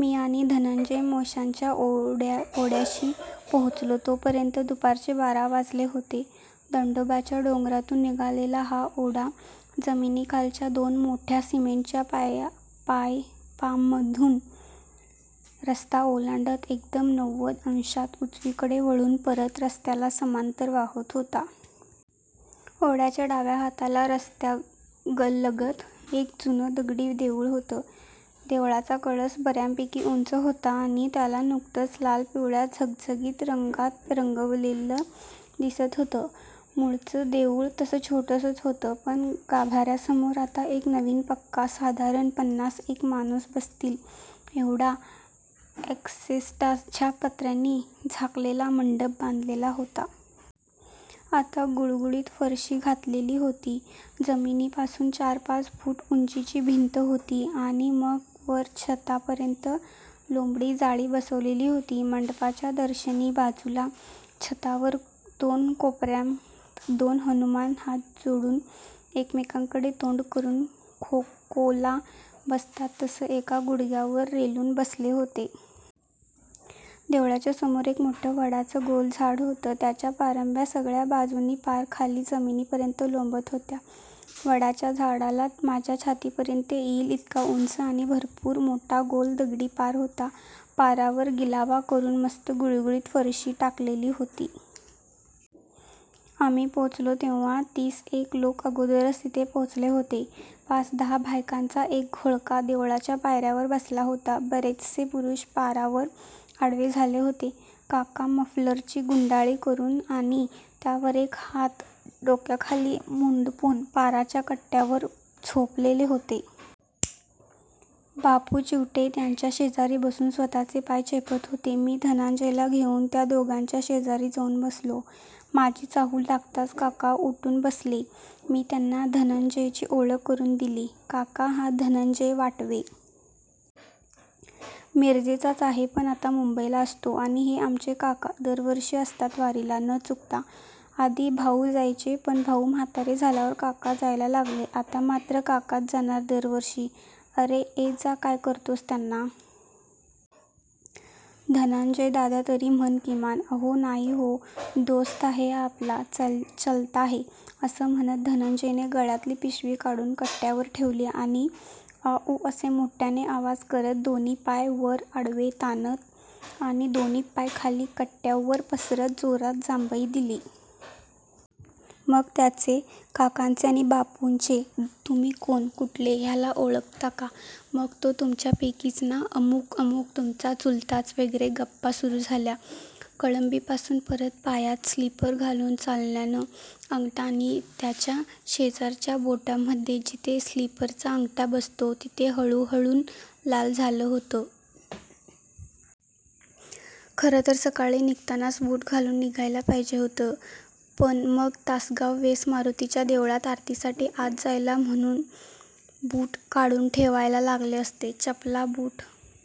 मी आणि धनंजय भोश्याच्या ओढ्याशी पोचलो तोपर्यंत दुपारचे बारा वाजले होते. दंडोबाच्या डोंगरातून निघालेला हा ओढा, जमिनीखालच्या दोन मोठ्या सिमेंटच्या पायपांमधून रस्ता ओलांडत एकदम नव्वद अंशात उजवीकडे वळून परत रस्त्याला समांतर वाहत होता. ओढ्याच्या डाव्या हाताला, रस्त्यालगत एक जुनं दगडी देउळ होतं. देवळाचा कळस बर्यापैकी उंच होता आणि त्याला नुकतच लाल-पिवळ्या झगझगीत रंगात रंगवलेलं दिसत होतं. मूळचं देउळ तसं छोटसंच होतं. पण गाभार्यासमोर आता एक नवीन पक्का, साधारण पन्नास एक माणसं बसतील एव्हडा अॅस्बेस्टॉसच्या पत्र्यांनी झाकलेला मंडप बांधलेला होता. आता गुळगुळीत फरशी घातलेली होती. जमिनीपासून चार-पाच फूट उंचीची भिंत होती आणि मग वर छतापर्यंत लोबडी जाळी बसवलेली होती. मंडपाच्या दर्शनी बाजूला, छतावर दोन कोपर्यात दोन हनुमान हात जोडून, एकमेकांकडे तोंड करुन, खोखोला बसतात तसं एका गुढग्यावर रेलून बसले होते. देवळाच्या समोर एक मोठ्ठं वडाचं गोल झाड होतं. त्याच्या पारंब्या सगळ्या बाजूंनी पार खाली जमिनीपर्यंत लोंबत होत्या. वडाच्या झाडाला माझ्या छातीपर्यंत येइल इतका उंच आणि भरपूर मोठा गोल दगडी पार होता. पारावर गिलावा करुन मस्त गुळगुळीत फरशी टाकलेली होती. आम्ही पोचलो तेव्हा तीसएक लोकं अगोदरच तिथे पोचले होते. पाच-दहा बायकांचा एक घोळका देवळाच्या पायर्यांवर बसला होता. बरेचसे पुरुष पारावर आडवे झाले होते. काका मफलरची गुंडाळी करुन आणि त्यावर एक हात डोक्याखाली मुडपून पाराच्या कट्ट्यावर वर झोपलेले होते. बापू चिवटे त्यांच्या शेजारी बसून स्वतःचे पाय चेपत होते. मी धनंजयला घेउन त्या दोघांच्या शेजारी जाउन बसलो. माझी चाहूल लागताच काका उठून बसले. मी त्यांना धनंजयची ओळख करुन दिली. काका, हा धनंजय वाटवे. मिरजेचाच आहे, पण आता मुंबईला असतो. आणि हे आमचे काका! दरवर्षी असतात वारीला. न चूकता. आधी भाउ जायचे. पण भाउ म्हातारे झाल्यावर काका जायला लागले. आता मात्र काकाच जाणार दरवर्षी. अरे ए-जा काय करतोस त्यांना. धनंजयदादा तरी म्हण किमान. अहो नाही हो. दोस्त आहे हा आपला. चलता है. असं म्हणत धनंजयने गळ्यातली पिशवी काढून कट्ट्यावर ठेवली आणि आं उं असे मोठ्याने आवाज करत, दोन्ही हात वर-आडवे ताणत आणि दोन्ही पाय खाली कट्ट्यावर पसरत जोरात जांभई दिली. मग त्याचे, काकांचे आणि बापूंचे, तुम्ही कोण, कुठले, ह्याला ओळखता का, मग तो तुमच्यापैकीच ना, अमूक अमूक तुमचा चुलताच वगैरे गप्पा सुरु झाल्या. कळंबीपासून परत पायात स्लीपर घालून चालल्यानं, अंगठा आणि त्याच्या शेजारच्या बोटाच्यामध्ये, जिथे स्लीपरचा अंगठा बसतो, तिथे हळुहळुन लाल झालं होतं. खरतर सकाळी निघतानाच बूट घालून निघायला पाहिजे होतं. पण मग तासगाव वेस मारुतीच्या देवळात आरतीसाठी आत जायला म्हणुन बूट काढून ठेवायला लागले असते. चपला-बूट